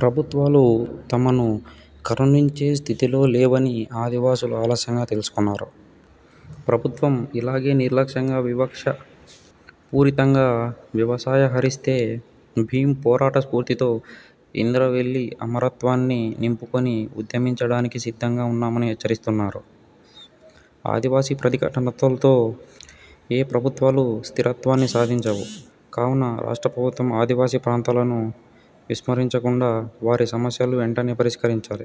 ప్రభుత్వాలు తమను కరుణించే స్థితిలో లేవని ఆదివాసులు ఆలస్యంగా తెలుసుకున్నారు. ప్రభుత్వం ఇలాగే నిర్లక్ష్యంగా, వివక్ష పూరితంగా వ్యవసయహరిస్తే, భీం పోరాట స్ఫూర్తితో ఇంద్రవెల్లి అమరత్వాన్ని నింపుకొని ఉద్యమించడానికి సిద్ధంగా ఉన్నామని హెచ్చరిస్తున్నారు. ఆదివాసీ ప్రతిఘటనలతో ఏ ప్రభుత్వాలు స్థిరత్వాన్ని సాధించవు. కావున రాష్ట్ర ప్రభుత్వం ఆదివాసీ ప్రాంతాలను విస్మరించకుండా వారి సమస్యలు వెంటనే పరిష్కరించాలి.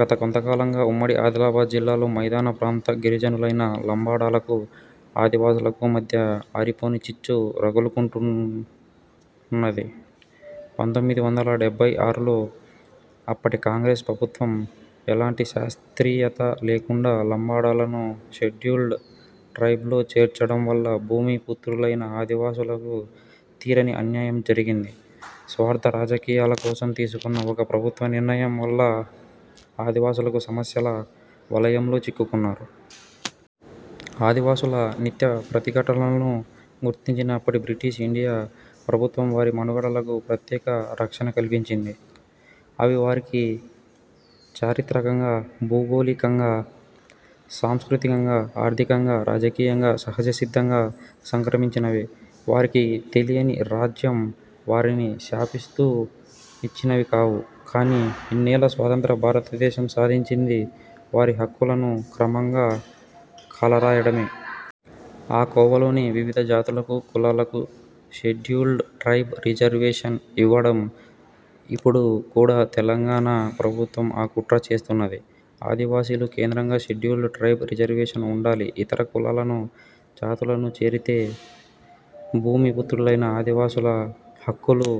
గత కొంత కాలంగా ఉమ్మడి ఆదిలాబాద్ జిల్లాలో మైదాన ప్రాంత గిరిజనులైన లంబాడాలకు ఆదివాసులకు మధ్య ఆరిపోని చిచ్చు రగులుకుంటున్నది. పంతొమ్మిది వందల డెబ్బై ఆరులో అప్పటి కాంగ్రెస్ ప్రభుత్వం ఎలాంటి శాస్త్రీయత లేకుండా లంబాడాలను షెడ్యూల్డ్ ట్రైబ్ లో చేర్చడం వల్ల భూమి పుత్రులైన ఆదివాసులకు తీరని అన్యాయం జరిగింది స్వార్థ రాజకీయాల కోసం తీసుకున్న ''ఒక ప్రభుత్వ నిర్ణయం'' వల్ల ఆదివాసులకు సమస్యల వలయంలో చిక్కుకున్నారు. ఆదివాసుల నిత్య ప్రతిఘటనలను గుర్తించిన అప్పటి బ్రిటిష్ ఇండియా ప్రభుత్వం వారి మనుగడకు ప్రత్యేక రక్షణ కల్పించింది. అవి వారికి చారిత్రకంగా, భౌగోళికంగా, సాంస్కృతికంగా, ఆర్థికంగా, రాజకీయంగా సహజ సిద్ధంగా సంక్రమించినవే. వారికి తెలియని రాజ్యం వారిని శాసిస్తూ ఇచ్చినవి కావు. కాని ఇన్నేళ్ల స్వతంత్ర భారతదేశం సాధించింది వారి హక్కులను క్రమంగా కాలరాయడమే. ఆ కోవలోనే వివిధ జాతులకు, కులాలకు షెడ్యూల్డ్ ట్రైబ్ రిజర్వేషన్ ఇవ్వడం. ఇపుడు కూడా తెలంగాణ ప్రభుత్వం ఆ కుట్ర చేస్తున్నది. ఆదివాసీలు కేంద్రంగా షెడ్యూల్డ్ ట్రైబ్ రిజర్వేషన్ ఉండాలి. ఇతర కులాలను, జాతులను చేరితే భూమి పుత్రులైన ఆదివాసుల హక్కులు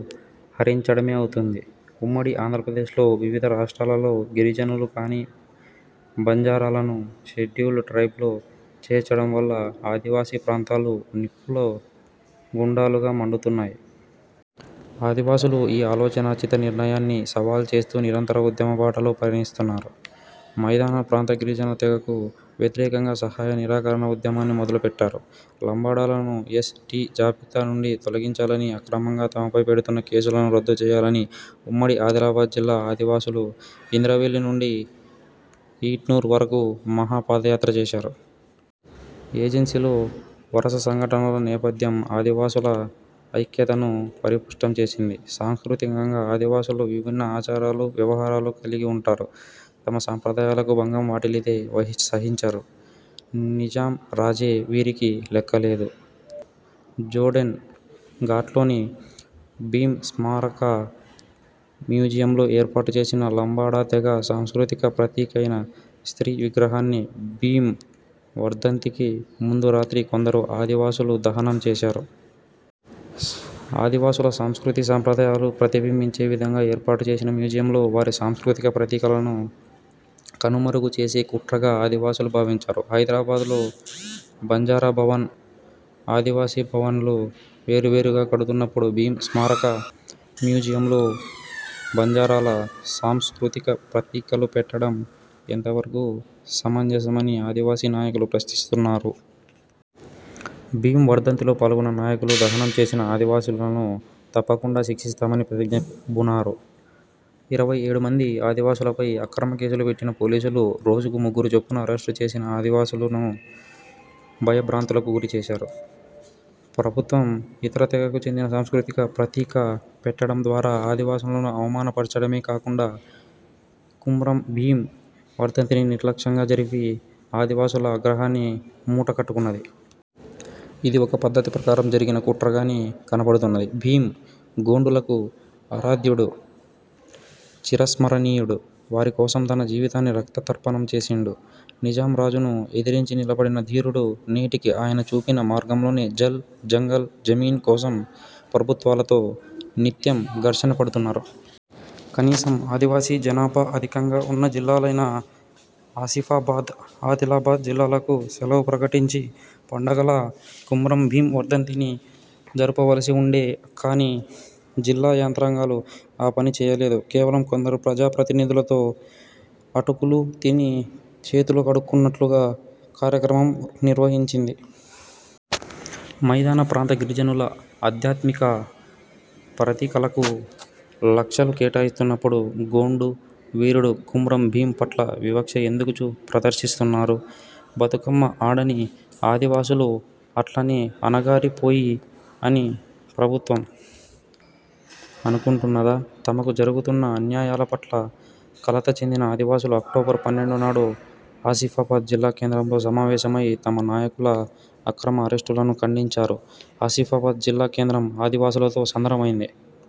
హరించడమే అవుతుంది. ఉమ్మడి ఆంధ్రప్రదేశ్లో, వివిధ రాష్ట్రాలలో గిరిజనులు కాని బంజారాలను షెడ్యూల్డ్ ట్రైబ్లో చేర్చడంవల్ల ఆదివాసీ ప్రాంతాలు నిప్పుల గుండాలుగా మండుతున్నాయి. ఆదివాసులు ఈ అనాలోచిత నిర్ణయాన్ని సవాల్ చేస్తూ నిరంతర ఉద్యమ బాటలో పయనిస్తున్నారు. మైదాన ప్రాంత గిరిజన తెగకు వ్యతిరేకంగా 'సహాయ నిరాకరణ ఉద్యమాన్ని' మొదలుపెట్టారు. 'లంబాడాలను యస్. టి జాబితా నుండి తొలగించాలని', అక్రమంగా తమపై పెడుతున్న కేసులను రద్దు చేయాలని ఉమ్మడి ఆదిలాబాద్ జిల్లా ఆదివాసులు ఇంద్రవెల్లి నుండి ఈట్నూర్ వరకు 'మహా పాదయాత్ర' చేశారు. ఏజెన్సీలో 'వరస సంఘటనల నేపథ్యం' ఆదివాసుల ఐక్యతను పరిపుష్టం చేసింది. సాంస్కృతికంగా ఆదివాసులు విభిన్న ఆచారాలు, వ్వవహారాలు కలిగి ఉంటారు. తమ సంప్రదాయాలకు భంగం వాటిల్లితే సహించరు. ''నిజాం రాజే'' వీరికి లెక్కలేదు. జోడెన్ ఘాట్లోని భీం స్మారక మ్యూజియంలో ఏర్పాటుచేసిన లంబాడా తెగ సాంస్కృతిక ప్రతీకైన స్త్రీ విగ్రహాన్ని భీం వర్ధంతికి ముందు రాత్రి కొందరు ఆది వాసులు దహనం చేశారు. ఆదివాసుల సంస్కృతీ సంప్రదాయాలు ప్రతిబింబించే విధంగా ఏర్పాటు చేసిన మ్యూజియంలో వారి సాంస్కృతిక ప్రతీకలను కనుమరుగు చేసే కుట్రగా ఆదివాసులు భావించారు. ''హైదరాబాదులో 'బంజార భవన్', 'ఆదివాసి భవన్'లు వేరు వేరుగా కడుతున్నపుడు భీం స్మారక మ్యూజియంలో బంజారాల సాంస్కృతిక ప్రతీకలు పెట్టడం ఎంతవరకు సమంజసమని'' ఆదివాసీ నాయకులు ప్రశ్నిస్తున్నారు. భీం వర్ధంతిలో పాల్గొన్న నాయకులు దహనం చేసిన ఆదివాసులను తప్పకుండా శిక్షిస్తామని ప్రతిజ్ఞ బూనారు. ఇరవై ఏడు మంది ఆదివాసులపై అక్రమ కేసులు పెట్టిన పోలీసులు రోజుకు ముగ్గురు చొప్పున అరెస్టు చేసి ఆదివాసులను భయ భ్రాంతులకు గురిచేశారు. ప్రభుత్వం ఇతర తెగకు చెందిన సాంస్కృతిక ప్రతీక పెట్టడం ద్వారా ఆదివాసులను అవమాన పర్చడమే కాకుండా కుమ్రం భీం వర్ధంతిని నిర్లక్ష్యంగా జరిపి, ఆదివాసుల ఆగ్రహాన్ని మూటకట్టుకున్నది. ఇది ఒక పద్ధతి ప్రకారం జరిగిన కుట్రగానే కనపడుతున్నది. భీం గోండులకు ఆరాధ్యుడు, చిరస్మరణీయుడు. వారి కోసం తన జీవితాన్ని రక్త తర్పణం చేసిండు. నిజాం రాజును ఎదిరించి నిలబడిన ధీరుడు. నేటికి ఆయన చూపిన మార్గంలోనే జల్, జంగల్, జమీన్ కోసం ప్రభుత్వాలతో నిత్యం ఘర్షణ పడుతున్నారు. కనీసం ఆదివాసీ జనాభా అధికంగా ఉన్న జిల్లాలైన ఆసిఫాబాద్, ఆదిలాబాద్ జిల్లాలకు సెలవు ప్రకటించి పండగలా కుమ్రం భీం వర్ధంతిని జరుపవలసి ఉండే. కాని, జిల్లా యంత్రాంగాలు ఆ పని చేయలేదు. కేవలం కొందరు ప్రజా ప్రతినిధులతో ''అటుకులు తిని చేతులు కడుక్కున్నట్లుగా'' కార్యక్రమం నిర్వహించింది. మైదాన ప్రాంత గిరిజనుల ఆధ్యాత్మిక ప్రతీకలకు లక్షలు కేటాయిస్తున్నపుడు గోండు వీరుడు కుమ్రం భీం పట్ల వివక్ష ఎందుకు ప్రదర్శిస్తున్నారు? బతుకమ్మ ఆడని ఆదివాసులు అట్లనే అణగారి పోయి అని ప్రభుత్వం అనుకుంటున్నదా? తమకు జరుగుతున్న అన్యాయాల పట్ల కలత చెందిన ఆదివాసులు అక్టోబర్ పన్నెండు నాడు ఆసిఫాబాద్ జిల్లా కేంద్రంలో సమావేశమై తమ నాయకుల అక్రమ అరెస్టులను ఖండించారు ఆసిఫాబాద్ జిల్లా కేంద్రం ఆదివాసులతో సంద్రమైంది.